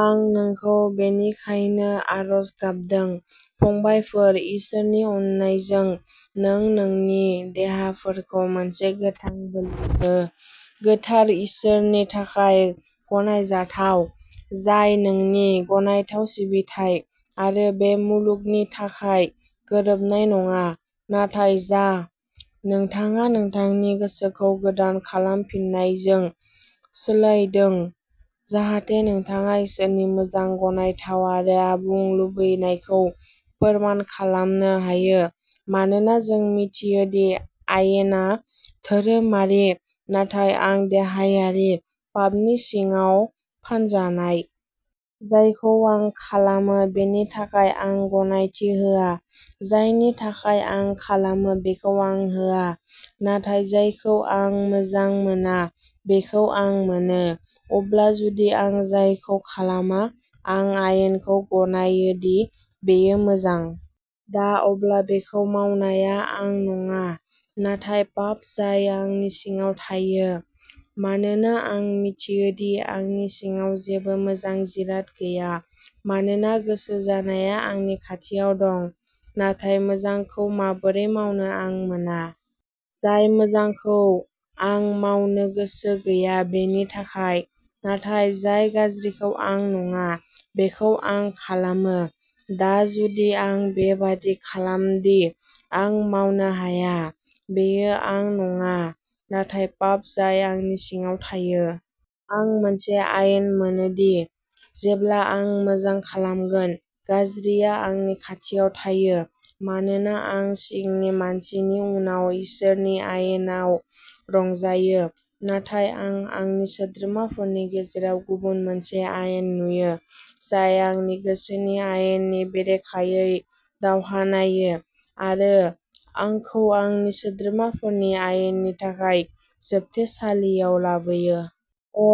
"आं नोंखौ बेनिखायनो आरज गाबदों, फंबायफोर, इसोरनि अननायजों, नों नोंनि देहाफोरखौ मोनसे गोथां बोलि हो, गोथार, इसोरनि थाखाय गनायजाथाव, जाय नोंनि गनायथाव सिबिथाइ। आरो बे मुलुगनि थाखाय गोरोबनाय नङाः नाथाय जा। नोंथाङा नोंथांनि गोसोखौ गोदान खालामफिननायजों सोलैदों, जाहाथे नोंथाङा इसोरनि मोजां, गनायथाव आरो आबुं लुबैनायखौ फोरमान खालामनो हायो "" मानोना जों मिथियो दि आयेनआ धोरोमारिः नाथाय आं देहायारि, पापनि सिङाव फानजानाय। जायखौ आं खालामो बेनि थाखाय आं गनायथि होआ: जायनि थाखाय आं खालामो, बैखौ आं होआ; नाथाय जायखौ आं मोजां मोना, बैखौ आं मोनो। अब्ला जुदि आं जायखौ खालामा, आं आयेनखौ गनायो दि बेयो मोजां। दा अब्ला बेखौ मावनाया आं नङा, नाथाय पाप जाय आंनि सिङाव थायो। मानोना आं मिथियो दि आंनि सिङाव जेबो मोजां जिराद गैयाः मानोना गोसो जानाया आंनि खाथियाव दं; नाथाय मोजांखौ माबोरै मावनो आं मोना। जाय मोजांखौ आं मावनो गोसो गैया बेनि थाखायः नाथाय जाय गाज्रिखौ आं नङा, बेखौ आं खालामो। दा जुदि आं बेबादि खालामदि आं मावनो हाया, बेयो आं नङा, नाथाय पाप जाय आंनि सिङाव थायो। आं मोनसे आयेन मोनो, दि, जेब्ला आं मोजां खालामगोन, गाज्रिआ आंनि खाथियाव थायो। मानोना आं सिंनि मानसिनि उनाव इसोरनि आयेनाव रंजायोः नाथाय आं आंनि सोद्रोमाफोरनि गेजेराव गुबुन मोनसे आयेन नुयो, जाय आंनि गोसोनि आयेननि बेरेखायै दावहा नायो, आरो आंखौ आंनि सोद्रोमाफोरनि आयेननि थाखाय जोबथेसालियाव लाबोयो। अ,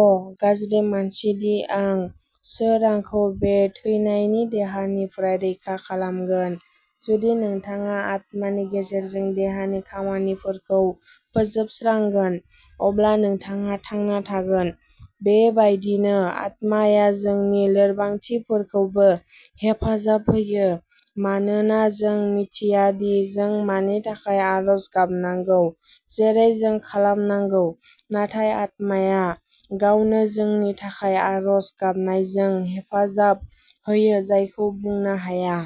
गाज्रि मानसि दि आं! सोर आंखौ बे थैनायनि देहानिफ्राय रैखा खालामगोन? "" जुदि नोंथाङा आत्मानि गेजेरजों देहानि खामानिफोरखौ फोजोबस्रांगोन, अब्ला नोंथाङा थांना थागोन "" बेबायदिनो आत्माया जोंनि लोरबांथिफोरखौबो हेफाजाब होयोः मानोना जों मिथिया दि जों मानि थाखाय आरज गाबनांगौ जेरै जों खालामनांगौः नाथाय आत्माया गावनो जोंनि थाखाय आरज गाबनायजों हेफाजाब होयो जायखौ बुंनो हाया।